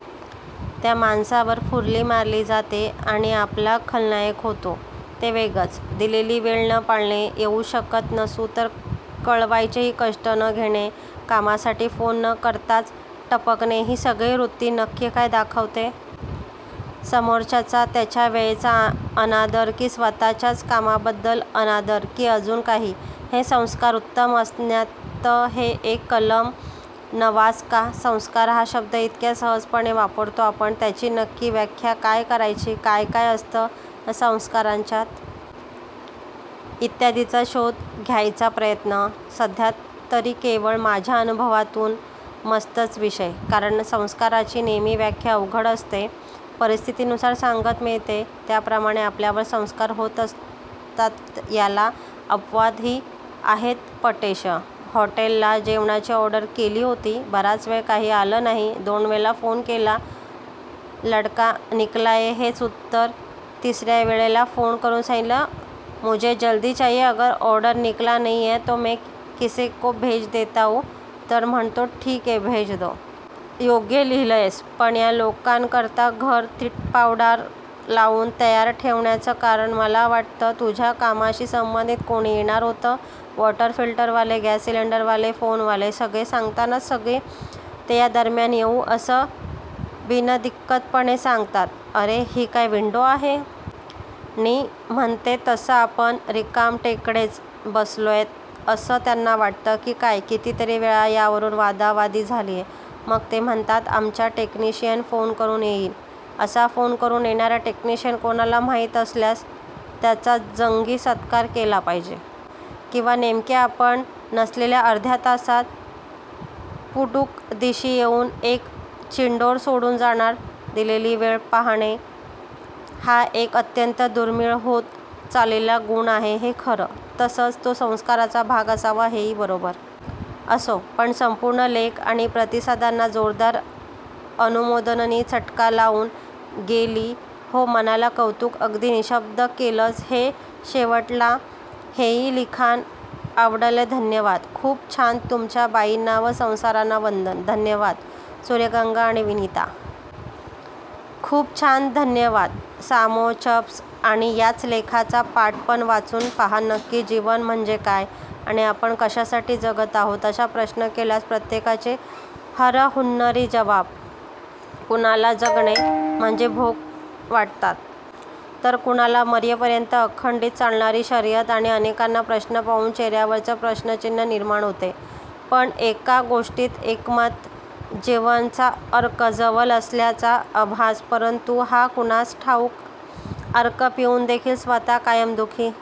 त्या माणसावर फुली मारली जाते. आणि आपला खलनायक होतो ते वेगळंच. दिलेली वेळ न पाळणे, येऊ शकत नसू तर कळवायचेही कष्ट न घेणे, कामासाठी फोन न करताच टपकणे ही सगळी वृत्ती नक्की काय दाखवते? समोरच्याचा/ त्याच्या वेळेचा अनादर? की स्वतःच्याच कामाबद्दल अनादर? की अजून काही? हे संस्कार उत्तम असण्यातलं हे एक कलम नसावं का? संस्कार हा शब्द इतक्या सहजपणे वापरतो आपण. त्याची नक्की व्याख्या काय करायची? काय काय असतं या संस्कारांच्यात? इत्यादीचा शोध घ्यायचा प्रयत्न. सध्यातरी केवळ माझ्या अनुभवातून. मस्तच विषय, कारण संस्काराची नेमकी व्याख्या अवघडच आहे, परिस्थितीनुसार संगत मिळते, त्याप्रमाणे आपल्यावर संस्कार होत असतातयाला अपवाद ही आहेतपटेश! हॉटेल ला जेवणाची ऑर्डर केली होती, बराच वेळ काही आलं नाही, दोन वेळा फोन केला 'लडका निकला है' हेच उत्तर, तिसर्या वेळेला फोन करुन सांगितल 'मुझे जल्दी चाहिये अगर ऑर्डर निकला नही है तो मै किसे को भेजता हु'तर म्हणतो ठिक है भेज दो.. योग्य लिहिलयस. पण या लोकांकरता घर तीटपावडरलावून तयार ठेवण्याचं कारण? मला वाटलं तुझ्या कामाशी संबंधित कोणी येणार होतं. वॉटर फिल्टरवाले, गॅससिलिंडरवाले, फोनवाले, सगळे सांगतानाच सकाळी ते या दरम्यान येऊ असं बिनदिक्कितपणे सांगतात. अरे ही काय विंडो आहे? नी म्हणते तसं आपण रिकामटेकडेच बसलोयत असं त्यांना वाटत की काय. कितीतरी वेळा यावरून वादावादी झालेय. मग ते म्हणणार "आमचा टेक्निशियन फोन करूनच येईल. " असा फोन करून येणारा टेक्निशियन कोणाला माहित असल्यास त्याचा जंगी सत्कारच केला पाहिजे. किंवा नेमके आपण नसलेल्या अर्ध्या तासात पुटुकदिशी येऊन एक चिठोरं सोडून जाणार. दिलेली वेळ पाळणे हा एक अत्यंत दुर्मिळ होत चालेलेला गुण आहे हे खरं. तसंच तो संस्कारांचा भाग असावा हे ही बरोबर. असो पण.. संपूर्ण लेख आणि प्रतिसादांना जोरदार अनुमोदननी, चटका लावुन गेली हो मनाला! कौतूक, अगदी निशब्द केलस रे शेवटाला. हे ही लिखाण आवडलेधन्यवाद. खूप छानतुमच्या बाईंना व सरांना वंदन __/\_ _धन्यवाद सुर्यगंगा आणि विनिता. खूप छानधन्यवाद सामो, च्रप्स आणि. याच लेखाचा पार्ट पण वाचून पहा नक्की 'जीवन म्हणजे काय? ' आणि 'आपण कशासाठी जगात आहोत? ' असा प्रश्न केल्यास प्रत्येकाचे हरहुन्नरी जबाब. कुणाला जगणे म्हणजे 'भोग' वाटतात. तर कुणाला मरेपर्यंत अखंडित चालणारी शर्यत. आणि अनेकांना प्रश्न पाहून चेहऱ्यावरच प्रश्नचिन्ह निर्माण होते. पण एका गोष्टीत एकमत. जीवनचा 'अर्क' जवळ असल्याचा आभास. परंतु, का कुणास ठाऊक अर्क पिऊन देखील स्वतः कायम दु:खी.